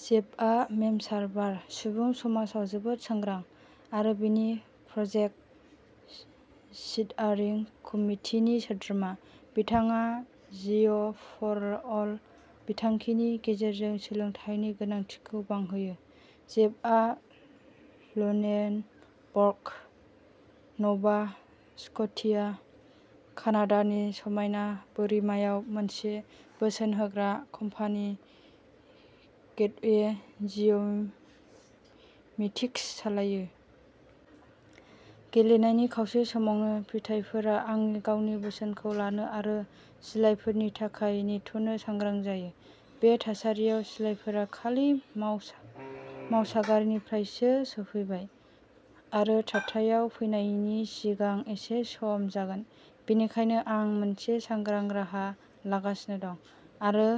जेफआ मेपसार्भार सुबुं समाजाव जोबोद सांग्रां, आरो बेनि प्रजेक्ट स्टियारिं कमितिनि सोद्रोमा। बिथाङा जिअ'फरअल बिथांखिनि गेजेरजों सोलोंथाइनि गोनांथिखौ बांहोयो। जेफआ लुनेनबर्ग, न'भा स्क'टिया, कानाडानि समायना बोरिमायाव मोनसे बोसोन होग्रा कम्पानि, गेटवे जिअ'मेटिक्स सालायो। गेलेनायनि खावसे समावनो फिथायफोरा आंनि गावनि बोसोनखौ लानो आरो सिलाइफोरनि थाखाय नेथ'नो सांग्रां जायो। बे थासारियाव, सिलाइफोरा खालि माव मावसागारिनिफ्रायसो सफैबाय आरो थाथायाव फैनायनि सिगां एसे सम जागोन। बेनिखायनो, आं मोनसे सांग्रां राहा लागासिनो दं आरो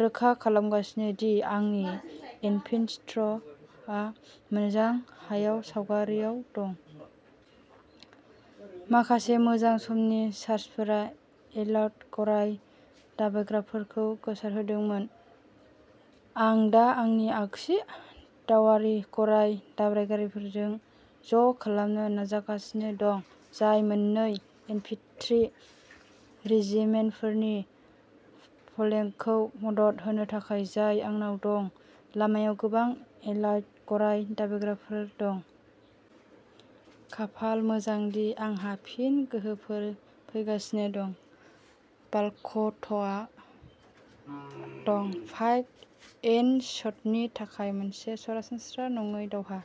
रोखा खालामगासिनो दि आंनि इन्फेन्ट्रआ मोजां हायाव सावगारियाव दं। माखासे मोजां समनि चार्जफोरा एलाइड गराय दाब्रायग्राफोरखौ गोसारहोदोंमोन। आं दा आंनि आगसि दावआरि गराय दाब्रायग्राफोरखौ ज' खालामनो नाजागासिनो दं, जाय मोन्नै इन्फेन्ट्रि रेजिमेन्टफोरनि फ्लेंकखौ मदद होनो थाखाय जाय आंनाव दं। लामायाव गोबां एलाइड गराय दाब्रायग्राफोर दं। खाफाल मोजां दि आंहा फिन गोहोफोर फैगासिनो दं। वालक'र्टआ दं। पाइक एन्ड शटनि थाखाय मोनसे सरासनस्रा नङै दावहा,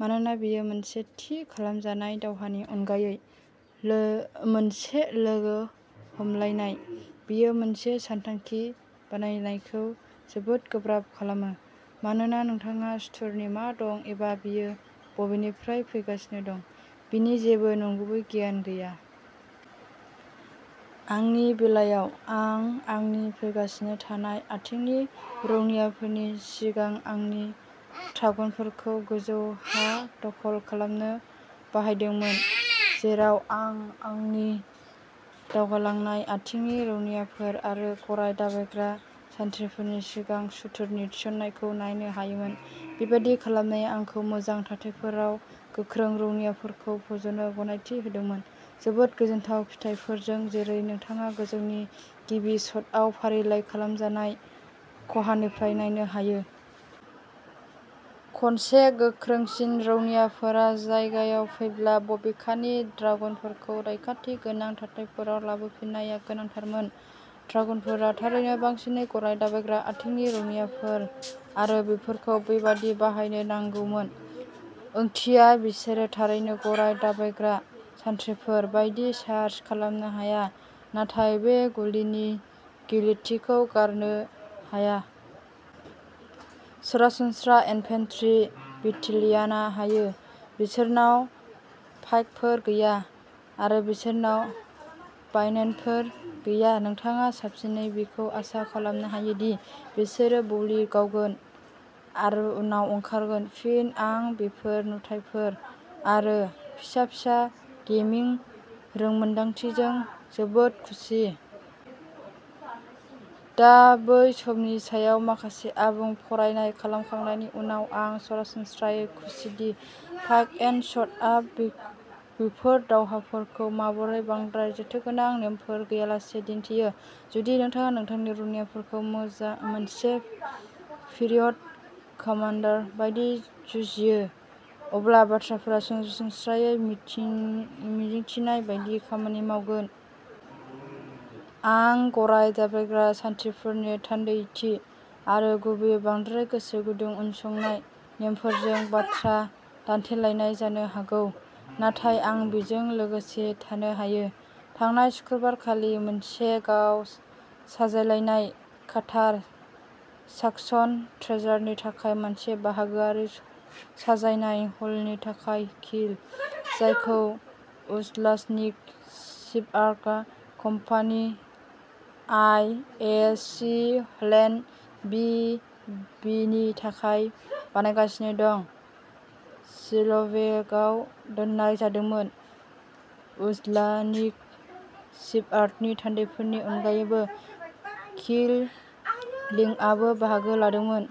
मानोना बेयो मोनसे थि खालामजानाय दावहानि अनगायै लो मोनसे लोगो हमलायनाय। बेयो मोनसे सानथांखि बानायनायखौ जोबोद गोब्राब खालामो, मानोना नोंथांहा सुथुरनि मा दं एबा बेयो बबेनिफ्राय फैगासिनो दं बेनि जेबो नंगुबै गियान गैया। आंनि बेलायाव, आं आंनि फैगासिनो थानाय आथिंनि रौनियाफोरनि सिगां आंनि ड्रागुनफोरखौ गोजौ हा दखल खालामनो बाहायदोंमोन, जेराव आं आंनि दावगालांनाय आथिंनि रौनियाफोर आरो गराय दाब्रायग्रा सान्थ्रिफोरनि सिगां सुथुरनि थिसननायखौ नायनो हायोमोन। बेबादि खालामनाया आंखौ मोजां थाथायफोराव गोख्रों रौनियाफोरखौ फज'नो गनायथि होदोंमोन जोबोद गोजोनथाव फिथायफोरजों, जेरै नोंथाङा गोजौनि गिबि शटआव फारिलाइ खालामजानाय खहानिफ्राय नायनो हायो। खनसे गोख्रोंसिन रौनियाफोरा जायगायाव फैब्ला, बबेखानि, ड्रागुनफोरखौ रैखाथि गोनां थाथायफोराव लाबोफिननाया गोनांथारमोन। ड्रागुनफोरा थारैनो बांसिनै गराय दाब्रायग्रा आथिंनि रौनियाफोर आरो बेफोरखौ बेबादि बाहायनो नांगौमोन। ओंथिया, बिसोरो थारैनो गराय दाब्रायग्रा सान्थ्रिफोर बायदि चार्ज खालामनो हाया, नाथाय बै गुलिनि गिलिरथिखौ गारनो हाया। सरासनस्रा इन्फेन्ट्रि बेटेलियानआ हायो। बिसोरनाव पाइकफोर गैया, आरो बिसोरनाव बायनेटफोर गैया। नोंथाङा साबसिनै बेखौ आसा खालामनो हायो दि बिसोरो भलि गावगोन आरो उनाव ओंखारगोन। फिन, आं बेफोर नुथायफोर आरो फिसा फिसा गेमिं रोंमोनदांथिजों जोबोद खुसि। दा बै समनि सायाव माखासे आबुं फरायनाय खालामखांनायनि उनाव आं सरासनस्रायै खुसिदि पाइक एन्ड शटआ बे बेफोर दावहाफोरखौ माबोरै बांद्राय जेथोगोनां नेमफोर गैयालासे दिन्थियो। जुदि नोंथाङा नोंथांनि रौनियाफोरखौ मोजा मोनसे पिरियड कामान्डार बायदि जुजियो, अब्ला बाथ्राफोरा सरासनस्रायै मिथिं मिजिंथिनाय बायदि खामानि मावगोन। आं गराय दाब्रायग्रा सान्थ्रिफोरनि थान्दैथि आरो गुबैयै बांद्राय गोसो गुदुं उनसंनाय नेमफोरजों बाथ्रा दान्थेलायनाय जानो हागौ, नाथाय आं बेजों लोगोसे थानो हायो। थांनाय सुक्रुबार खालि मोनसे गाव साजायलायनाय काटार साकसन ड्रेजारनि थाखाय मोनसे बाहागोआरि साजायनाय हलनि थाखाय किल, जायखौ उलजानिक शिपयार्डआ company I H C Holland B V नि थाखाय बानायगासिनो दं, स्लिपवेआव दोननाय जादोंमोन। उलजानिक शिपयार्डनि थान्दैफोरनि अनगायैबो, किल लेइंगआबो बाहागो लादोंमोन।